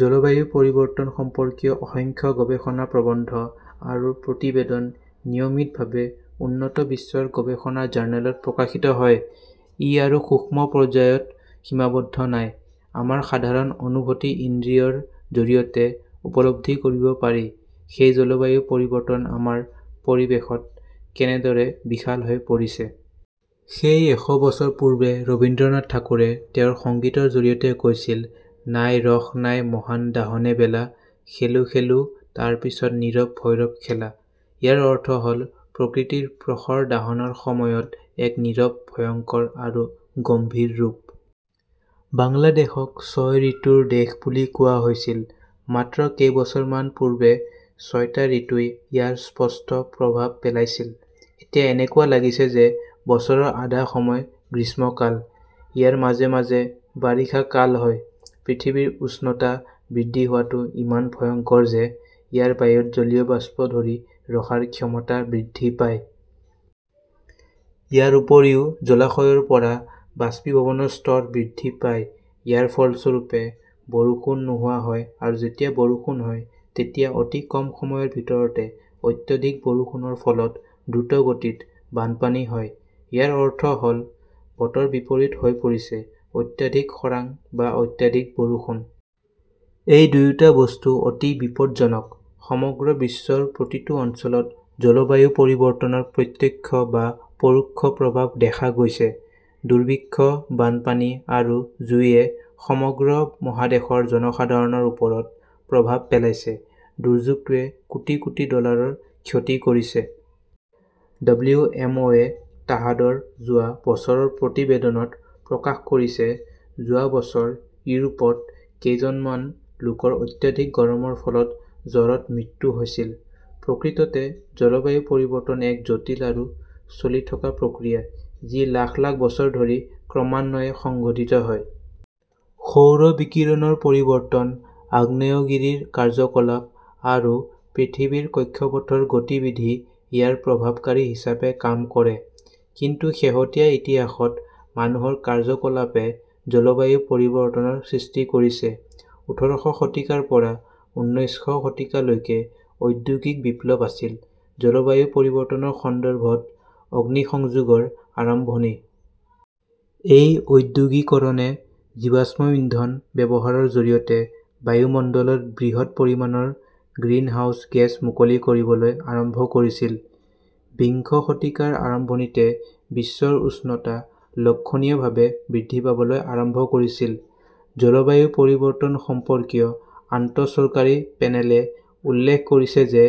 জলবায়ু পৰিৱৰ্তন সম্পৰ্কীয় অসংখ্য গৱেষণা প্ৰবন্ধ আৰু প্ৰতিবেদন নিয়মিতভাৱে উন্নত বিশ্বৰ গৱেষণা জাৰ্নেলত প্ৰকাশিত হয়। ই আৰু সূক্ষ্ম পৰ্যায়ত সীমাবদ্ধ নাই, আমাৰ সাধাৰণ অনুভূতি-ইন্দ্ৰিয়ৰ জৰিয়তে উপলব্ধি কৰিব পাৰি, সেই জলবায়ু পৰিৱৰ্তন আমাৰ পৰিৱেশত কেনেদৰে বিশাল হৈ পৰিছে। সেই এশ বছৰ পূৰ্বে ৰবীন্দ্ৰনাথ ঠাকুৰে তেওঁৰ সংগীতৰ জৰিয়তে কৈছিল, 'নাই ৰস নাই, মহান দাহনেবেলা। খেলো খেলো তাৰপিছত নীৰৱ ভৈৰৱ খেলা। ইয়াৰ অৰ্থ হ'ল, প্ৰকৃতিৰ প্ৰখৰ দাহনৰ সময়ত এক নীৰৱ, ভয়ংকৰ আৰু গম্ভীৰ ৰূপ। বাংলাদেশক ছয় ঋতুৰ দেশ বুলি কোৱা হৈছিল। মাত্ৰ কেইবছৰমান পূৰ্বে ছয়টা ঋতুই ইয়াৰ স্পষ্ট প্ৰভাৱ পেলাইছিল। এতিয়া এনেকুৱা লাগিছে যে, বছৰৰ আধা সময় গ্ৰীষ্মকাল। ইয়াৰ মাজে মাজে বাৰিষা কাল হয়। পৃথিৱীৰ উষ্ণতা বৃদ্ধি হোৱাটো ইমান ভয়ংকৰ যে, ইয়াৰ বায়ুত জলীয় বাষ্প ধৰি ৰখাৰ ক্ষমতা বৃদ্ধি পায়। ইয়াৰ উপৰিও জলাশয়ৰ পৰা বাষ্পীভৱনৰ স্তৰ বৃদ্ধি পায়। ইয়াৰ ফলস্বৰূপে, বৰষুণ নোহোৱা হয় আৰু যেতিয়া বৰষুণ হয়, তেতিয়া অতি কম সময়ৰ ভিতৰতে অত্যধিক বৰষুণৰ ফলত দ্ৰুতগতিত বানপানী হয়। ইয়াৰ অৰ্থ হ'ল বতৰ বিপৰীত হৈ পৰিছে, অত্যাধিক খৰাং বা অত্যাধিক বৰষুণ। এই দুয়োটা বস্তু অতি বিপদজনক। সমগ্ৰ বিশ্বৰ প্ৰতিটো অঞ্চলত জলবায়ু পৰিৱৰ্তনৰ প্ৰত্যক্ষ বা পৰোক্ষ প্ৰভাৱ দেখা গৈছে। দুৰ্ভিক্ষ, বানপানী আৰু জুইয়ে সমগ্ৰ মহাদেশৰ জনসাধাৰণৰ ওপৰত প্ৰভাৱ পেলাইছে। দুৰ্যোগটোৱে কোটি কোটি ডলাৰৰ ক্ষতি কৰিছে। ডব্লিউ এম অ'এ তাহাদৰ যোৱা বছৰৰ প্ৰতিবেদনত প্ৰকাশ কৰিছে, যোৱা বছৰ ইউৰোপত কেইজনমন লোকৰ অত্যধিক গৰমৰ ফলত জ্বৰত মৃত্যু হৈছিল। প্ৰকৃততে জলবায়ু পৰিৱৰ্তন এক জটিল আৰু চলি থকা প্ৰক্ৰিয়া, যি লাখ লাখ বছৰ ধৰি ক্ৰমান্বয়ে সংঘটিত হয়। সৌৰ বিকিৰণৰ পৰিৱৰ্তন, আগ্নেয়গিৰিৰ কাৰ্যকলাপ আৰু পৃথিৱীৰ কক্ষপথৰ গতিবিধি ইয়াৰ প্ৰভাৱকাৰী হিচাপে কাম কৰে; কিন্তু শেহতীয়া ইতিহাসত মানুহৰ কাৰ্যকলাপে জলবায়ু পৰিৱৰ্তনৰ সৃষ্টি কৰিছে। উঠৰ শ শতিকাৰ পৰা ঊনৈশ শ শতিকালৈকে ঔদ্যোগিক বিপ্লৱ আছিল, জলবায়ু পৰিৱৰ্তনৰ সন্দৰ্ভত অগ্নিসংযোগৰ আৰম্ভণি। এই ঔদ্যোগিকৰণে জীৱাশ্ম ইন্ধন ব্যৱহাৰৰ জৰিয়তে বায়ুমণ্ডলত বৃহৎ পৰিমাণৰ গ্ৰীনহাউছ গেছ মুকলি কৰিবলৈ আৰম্ভ কৰিছিল। বিংশ শতিকাৰ আৰম্ভণিতে বিশ্বৰ উষ্ণতা লক্ষণীয়ভাৱে বৃদ্ধি পাবলৈ আৰম্ভ কৰিছিল। জলবায়ু পৰিৱৰ্তন সম্পৰ্কীয় আন্তঃ চৰকাৰী পেনেলে উল্লেখ কৰিছে যে,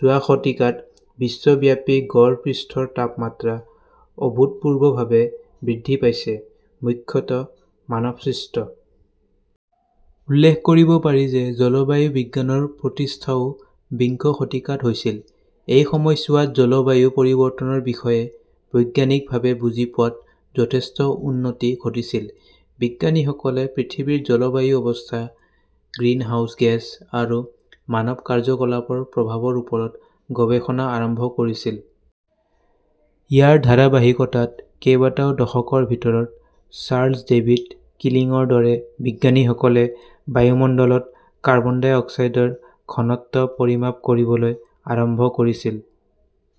যোৱা শতিকাত বিশ্বব্যাপী গড় পৃষ্ঠৰ তাপমাত্ৰা অভূতপূৰ্বভাৱে বৃদ্ধি পাইছে, মুখ্যতঃ মানৱ-সৃষ্ট। উল্লেখ কৰিব পাৰি যে, জলবায়ু বিজ্ঞানৰ প্ৰতিষ্ঠাও বিংশ শতিকাত হৈছিল। এই সময়ছোৱাত জলবায়ু পৰিৱৰ্তনৰ বিষয়ে বৈজ্ঞানিকভাৱে বুজি পোৱাত যথেষ্ট উন্নতি ঘটিছিল। বিজ্ঞানীসকলে পৃথিৱীৰ জলবায়ু ব্যৱস্থা, গ্ৰীনহাউছ গেছ আৰু মানৱ কাৰ্যকলাপৰ প্ৰভাৱৰ ওপৰত গৱেষণা আৰম্ভ কৰিছিল। ইয়াৰ ধাৰাবাহিকতাত কেইবাটাও দশকৰ ভিতৰত চাৰ্লছ ডেভিড কিলিংৰ দৰে বিজ্ঞানীসকলে বায়ুমণ্ডলত কাৰ্বন ডাই অক্সাইডৰ ঘনত্ব পৰিমাপ কৰিবলৈ আৰম্ভ কৰিছিল।